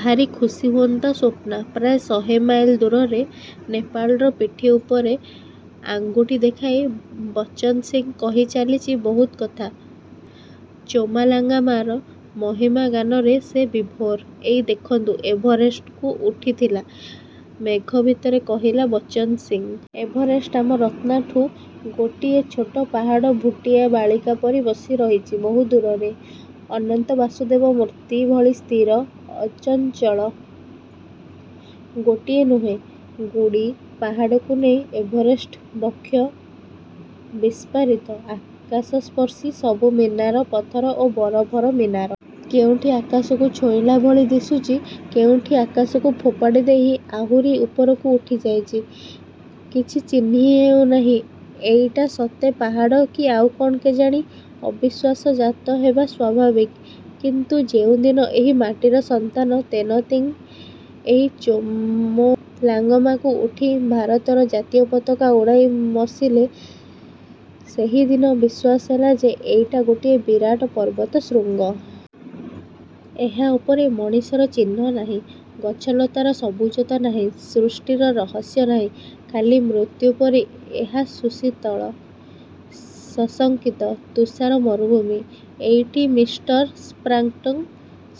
ଭାରି ଖୁସି ହୁଅନ୍ତା ସ୍ୱପ୍ନା। ପ୍ରାୟ ଶହେ ମାଇଲ ଦୂରରେ ନେପାଳର ପିଠି ଉପରେ ଆଙ୍ଗୁଠି ଦେଖାଇ ବଚନ ସିଂ କହି ଚାଲିଛି ବହୁତ କଥା–ଚୋମାଲାଙ୍ଗମାର ମହିମା ଗାନରେ ସେ ବିଭୋର-। ''ଏଇ ଦେଖନ୍ତୁ ଏଭରେଷ୍ଟ–'' ''କୁଉଠି ଥିଲା? '' ''ମେଘ ଭିତରେ–'' କହିଲା ବଚନ ସିଂ। ଏଭେରେଷ୍ଟ ଆମ ରତ୍ନାଠୁ ଗୋଟିଏ ଛୋଟ ପାହାଡ଼ ଭୁଟିଆ ବାଳିକା ପରି ବସି ରହିଛି ବହୁ ଦୂରରେ। ଅନନ୍ତ ବାସୁଦେବ ମୂର୍ତ୍ତି ଭଳି ସ୍ଥିର, ଅଚଞ୍ଚଳ। ଗୋଟିଏ ନୁହେଁ, ଗୁଡ଼ି, ପାହାଡ଼କୁ ନେଇ ଏଭରେଷ୍ଟ ବକ୍ଷ ବିସ୍ଫାରିତ। ଆକାଶସ୍ପର୍ଶୀ ସବୁ ମିନାର–ପଥର ଓ ବରଫର ମିନାର। କେଉଁଠି ଆକାଶକୁ ଛୁଇଁଲା ଭଳି ଦିଶୁଚି, କେଉଁଠି ଆକାଶକୁ ଫୋପାଡ଼ିଦେଇ ଆହୁରି ଉପରକୁ ଉଠି ଯାଇଛି, କିଛି ଚିହ୍ନି ହେଉ ନାହିଁ, ଏଇଟା ସତେ ପାହଡ଼ କି ଆଉ କ'ଣ କେଜାଣି? ଅବିଶ୍ୱାସ ଜାତ ହେବା ସ୍ୱାଭାବିକ। କିନ୍ତୁ ଯେଉଁଦିନ ଏହି ମାଟିର ସନ୍ତାନ ତେନତିଂ ଏହି ଚୋମୋଲାଙ୍ଗମାକୁ ଉଠି ଭାରତର ଜାତୀୟ ପତାକା ଉଡ଼ାଇ ମସିଲେ–ସେହିଦିନ ବିଶ୍ୱାସ ହେଲା ଯେ ଏଇଟା ଗୋଟାଏ ବିରାଟ ପର୍ବତ ଶୃଙ୍ଗ। ଏହା ଉପରେ ମଣିଷର ଚିହ୍ନ ନାହିଁ–ଗଛ ଲତାର ସବୁଜତା ନାହିଁ–ସୃଷ୍ଟିର ରହସ୍ୟ ନାହିଁ, ଖାଲି ମୃତ୍ୟୁ ପରି ଏହା ସୁଶୀତଳ ସଶଙ୍କିତ ତୁଷାର ମରୁଭୂମି। ଏଇଠି ମିଷ୍ଟର ସ୍ପ୍ରାଟ୍ଙ୍କ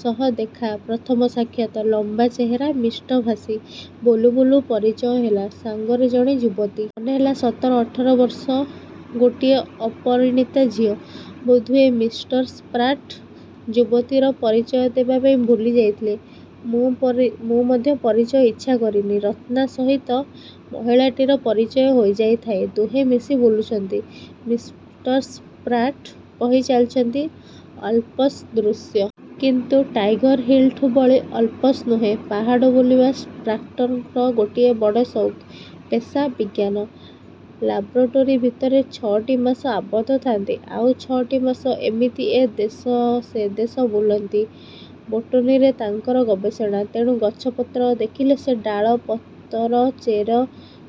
ସହ ଦେଖା–ପ୍ରଥମ ସାକ୍ଷାତ। ଲମ୍ବା ଚେହେରା, ମିଷ୍ଟଭାଷୀ। ବୁଲୁ ବୁଲୁ ପରିଚୟ ହେଲା। ସାଙ୍ଗରେ ଜଣେ ଯୁବତୀ। ମନେହେଲା ସତର ଅଠର ବର୍ଷ ଗୋଟିଏ ଅପରିଣୀତା ଝିଅ। ବୋଧହୁଏ ମିଷ୍ଟର ସ୍ପ୍ରାଟ୍ ଯୁବତୀର ପରିଚୟ ଦେବାପାଇଁ ଭୁଲି ଯାଇଥିଲେ। ମୁଁ ମଧ୍ୟ ପରିଚୟ ଇଚ୍ଛା କରିନି। ରତ୍ନା ସହିତ ମହିଳାଟିର ପରିଚୟ ହୋଇ ଯାଇଥାଏ। ଦୁହେ ମିଶି ବୁଲୁଛନ୍ତି। ମିଷ୍ଟର ସ୍ପ୍ରାଟ୍ କହି ଚାଲିଚନ୍ତି ଆଲପସ୍ ଦୃଶ୍ୟ। କିନ୍ତୁ ଟାଇଗର୍ ହିଲ୍ଠୁ ବଳି ଆଲପସ୍ ନୁହେଁ। ପାହାଡ଼ ବୁଲିବା ସ୍ପ୍ରାଟ୍ଙ୍କର ଗୋଟାଏ ବଡ଼ ସଉକ। ପେଶା ବିଜ୍ଞାନ। ଲାବର୍ଟୋରୀ ଭିତରେ ଛଅଟି ମାସ ଆବଦ୍ଧ ଥାଆନ୍ତି–ଆଉ ଛଅଟି ମାସ ଏମିତି ଏ ଦେଶ ସେ ଦେଶ ବୁଲନ୍ତି। ବୋଟାନିରେ ତାଙ୍କର ଗବେଷଣା। ତେଣୁ ଗଛପତ୍ର ଦେଖିଲେ ସେ ଡାଳ, ପତର, ଚେର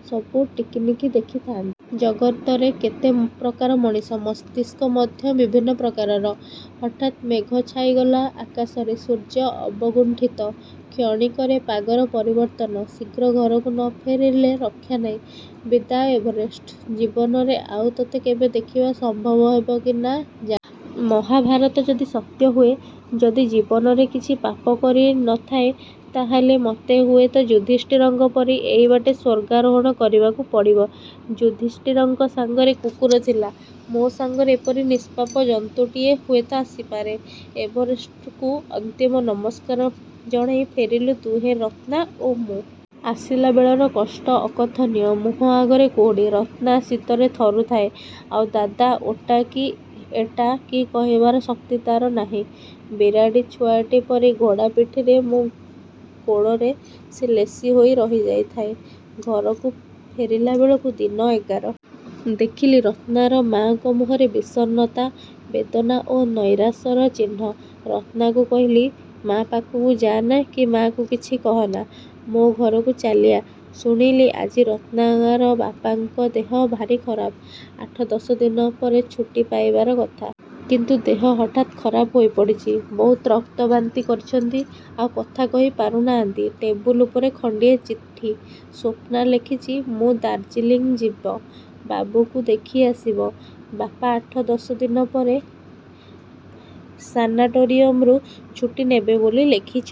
ସବୁ ଟିକିନିଖି ଦେଖି ଥାଆନ୍ତି। ଜଗତରେ କେତେ ପ୍ରକାର ମଣିଷ–ମସ୍ତିଷ୍କ ମଧ୍ୟ ବିଭିନ୍ନ ପ୍ରକାରର। ହଠାତ୍ ମେଘ ଛାଇଗଲା ଆକାଶରେ–ସୂର୍ଯ୍ୟ ଅବଗୁଣ୍ଠିତ। କ୍ଷଣିକରେ ପାଗର ପରିବର୍ତ୍ତନ। ଶୀଘ୍ର ଘରକୁ ନ ଫେରିଲେ ରକ୍ଷା ନାହିଁ। ବିଦାୟ ଏଭରେଷ୍ଟ। ଜୀବନରେ ଆଉ ତତେ କେବେ ଦେଖିବା ସମ୍ଭବ ହେବ କି ନା ଜା। ମହାଭାରତ ଯଦି ସତ୍ୟ ହୁଏ, ଯଦି ଜୀବନରେ କିଛି ପାପ କରି ନ ଥାଏ ତାହା ହେଲେ ମତେ ହୁଏତ ଯୁଧିଷ୍ଠିରଙ୍କ ପରି ଏଇବାଟେ ସ୍ୱର୍ଗାରୋହଣ କରିବାକୁ ପଡ଼ିବ। ଯୁଧିଷ୍ଠିରଙ୍କ ସାଙ୍ଗରେ କୁକୁର ଥିଲା। ମୋ ସଙ୍ଗରେ ଏପରି ନିଷ୍ପାପ ଜନ୍ତୁଟିଏ ହୁଏତ ଆସିପାରେ। ଏଭେରେଷ୍ଟକୁ ଅନ୍ତିମ ନମସ୍କାର ଜଣେଇ ଫେରିଲୁ ଦୁହେଁ ରତ୍ନା ଓ ମୁଁ। ଆସିଲାବେଳର କଷ୍ଟ ଅକଥନୀୟ। ମୁହଁ ଆଗରେ କୁହୁଡ଼ି। ରତ୍ନା ଶୀତରେ ଥରୁଥାଏ–ଆଉ ଦାଦା ଓଟା କି ଏଟା କି କହିବାର ଶକ୍ତି ତାର ନାହିଁ। ବିରାଡ଼ି ଛୁଆଟି ପରି ଘୋଡ଼ା ପିଟିରେ ମୋ କୋଡ଼ରେ ସେ ଲେଶି ହୋଇ ରହି ଯାଇଥାଏ। ଘରକୁ ଫେରିଲା ବେଳକୁ ଦିନ ଏଗାର। ଦେଖିଲି ରତ୍ନାର ମାଆଙ୍କ ମୁହଁରେ ବିଷର୍ଣ୍ଣତା, ବେଦନା ଓ ନୈରାଶ୍ୟର ଚିହ୍ନ। ରତ୍ନାକୁ କହିଲି, ''ମା ପାଖକୁ ଯାଆନା କି ମାଆକୁ କିଛି କହନା–ମୋ ଘରକୁ ଚାଲିଆ। '' ଶୁଣିଲି, ଆଜି ରତ୍ନାର ବାପାଙ୍କ ଦେହ ଭାରି ଖରାପ। ଆଠ ଦଶ ଦିନ ପରେ ଛୁଟି ପାଇବାର କଥା। କିନ୍ତୁ ଦେହ ହଠାତ୍ ଖରାପ ହୋଇ ପଡ଼ିଚି। ବହୁତ ରକ୍ତବାନ୍ତି କରିଛନ୍ତି ଆଉ କଥା କହି ପାରୁ ନାହିଁନ୍ତି। ଟେବୁଲ ଉପରେ ଖଣ୍ଡିଏ ଚିଠି। ସ୍ୱପ୍ନା ଲେଖିଛି, ମୁଁ ଦାର୍ଜିଲିଂ ଯିବ–ବାବୁଙ୍କୁ ଦେଖି ଆସିବ। ବାପା ଆଠ ଦଶ ଦିନ ପରେ ସାନାଟୋରିୟମ୍ରୁ ଛିୁଟି ନେବେ ବୋଲି ଲେଖିଛନ୍ତି।